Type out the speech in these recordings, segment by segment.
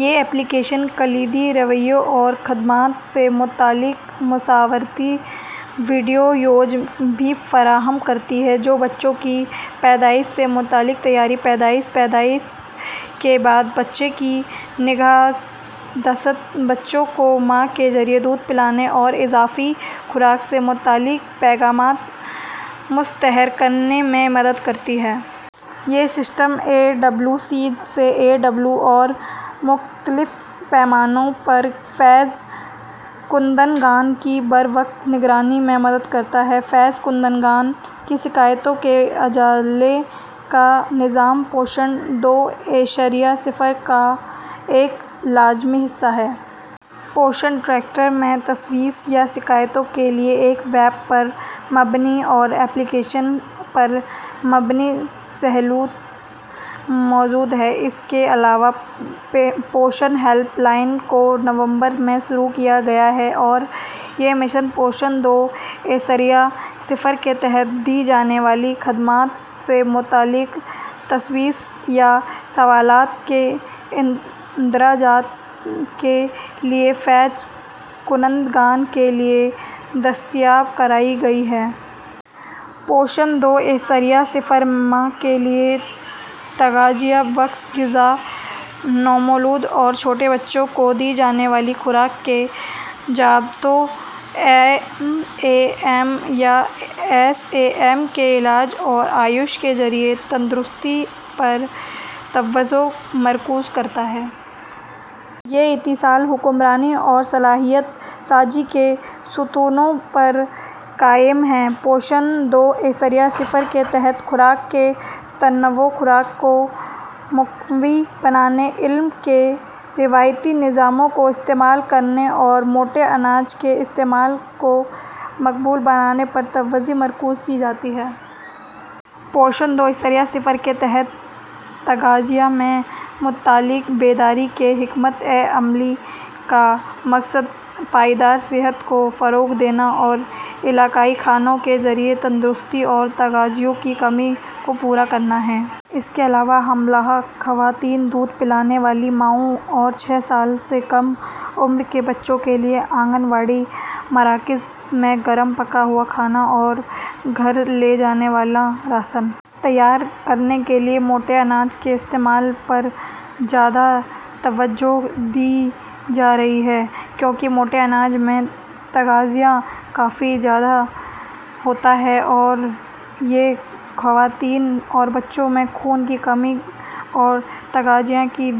یہ application کلیدی رویوں اور خدمات سے متعلق مشاورتی ویڈیوز بھی فراہم کرتی ہے، جو بچوں کی پیدائش سے متعلق تیاری، پیدائش، پیدائش کے بعد بچے کی نگہداشت، بچوں کو ماں کے ذریعے دودھ پلانے اور اضافی خوراک سے متعلق پیغامات مشتہر کرنے میں مدد کرتی ہے۔ یہ system A W Cs, A W ڈبلیوز اور مختلف پیمانوں پر فیض کنندگان کی بروقت نگرانی میں مدد کرتا ہے۔ فیض کنندگان کی شکایتوں کے ازالے کا نظام پوشن دو اعشاریہ صفر کا ایک لازمی حصہ ہے۔ پوشن ٹریکر میں تشویش یا شکایتوں کے لیے ایک ویب پر مبنی اور ایپلی کیشن پر مبنی سہولت موجود ہے۔ اس کے علاوہ پوشن ہیلپ لائن کو نومبر میں شروع کیا گیا ہے اور یہ مشن پوشن دو اعشاریہ صفر کے تحت دی جانے والی خدمات سے متعلق تشویش یا سوالات کے اندراج کے لیے فیض کنندگان کے لیے دستیاب کرائی گئی ہے۔ پوشن دو اعشاریہ صفر ماں کے لیے تغذیہ بخش غذا، نومولود اور چھوٹے بچوں کو دی جانے والی خوراک کے ضابطوں، ایم اے ایم یا ایس اے ایم کے علاج اور آیوش کے ذریعے تندرستی پر توجہ مرکوز کرتا ہے۔ یہ اتصال، حکمرانی اور صلاحیت سازی کے ستونوں پر قائم ہے۔ پوشن دو اعشاریہ صفر کے تحت خوراک کے تنوع، خوراک کو مقوی بنانے، علم کے روایتی نظاموں کو استعمال کرنے اور موٹے اناج کے استعمال کو مقبول بنانے پر توجہ مرکوز کی جاتی ہے۔ پوشن دو اعشاریہ صفر کے تحت تغذیہ سے متعلق بیداری کی حکمت عملی کا مقصد پائیدار صحت کو فروغ دینا اور علاقائی کھانوں کے ذریعے تندرستی اور تغذیہ کی کمی کو پورا کرنا ہے۔ اس کے علاوہ حاملہ خواتین، دودھ پلانے والی ماؤں اور چھ سال سے کم عمر کے بچوں کے لیے آنگن واڑی مراکز میں گرم پکا ہوا کھانا اور گھر لے جانے والا راشن تیار کرنے کے لیے موٹے اناج کے استعمال پر زیادہ توجہ دی جا رہی ہے، کیونکہ موٹے اناج میں تغذیہ کافی زیادہ ہوتا ہے اور یہ خواتین اور بچوں میں خون کی کمی اور تغذیہ کی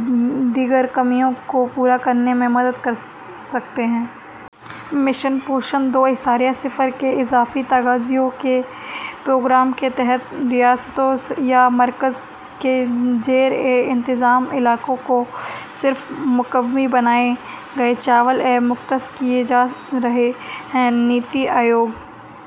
دیگر کمیوں کو پورا کرنے میں مدد کر سکتے ہیں۔ مشن پوشن دو اعشاریہ صفر کے اضافی تغذیے کے پروگرام کے تحت ریاستوں یا مرکز کے زیر انتظام علاقوں کو صرف مقوی بنائے گئے چاول ہی مختص کیے جا رہے ہیں۔ نیتی آیوگ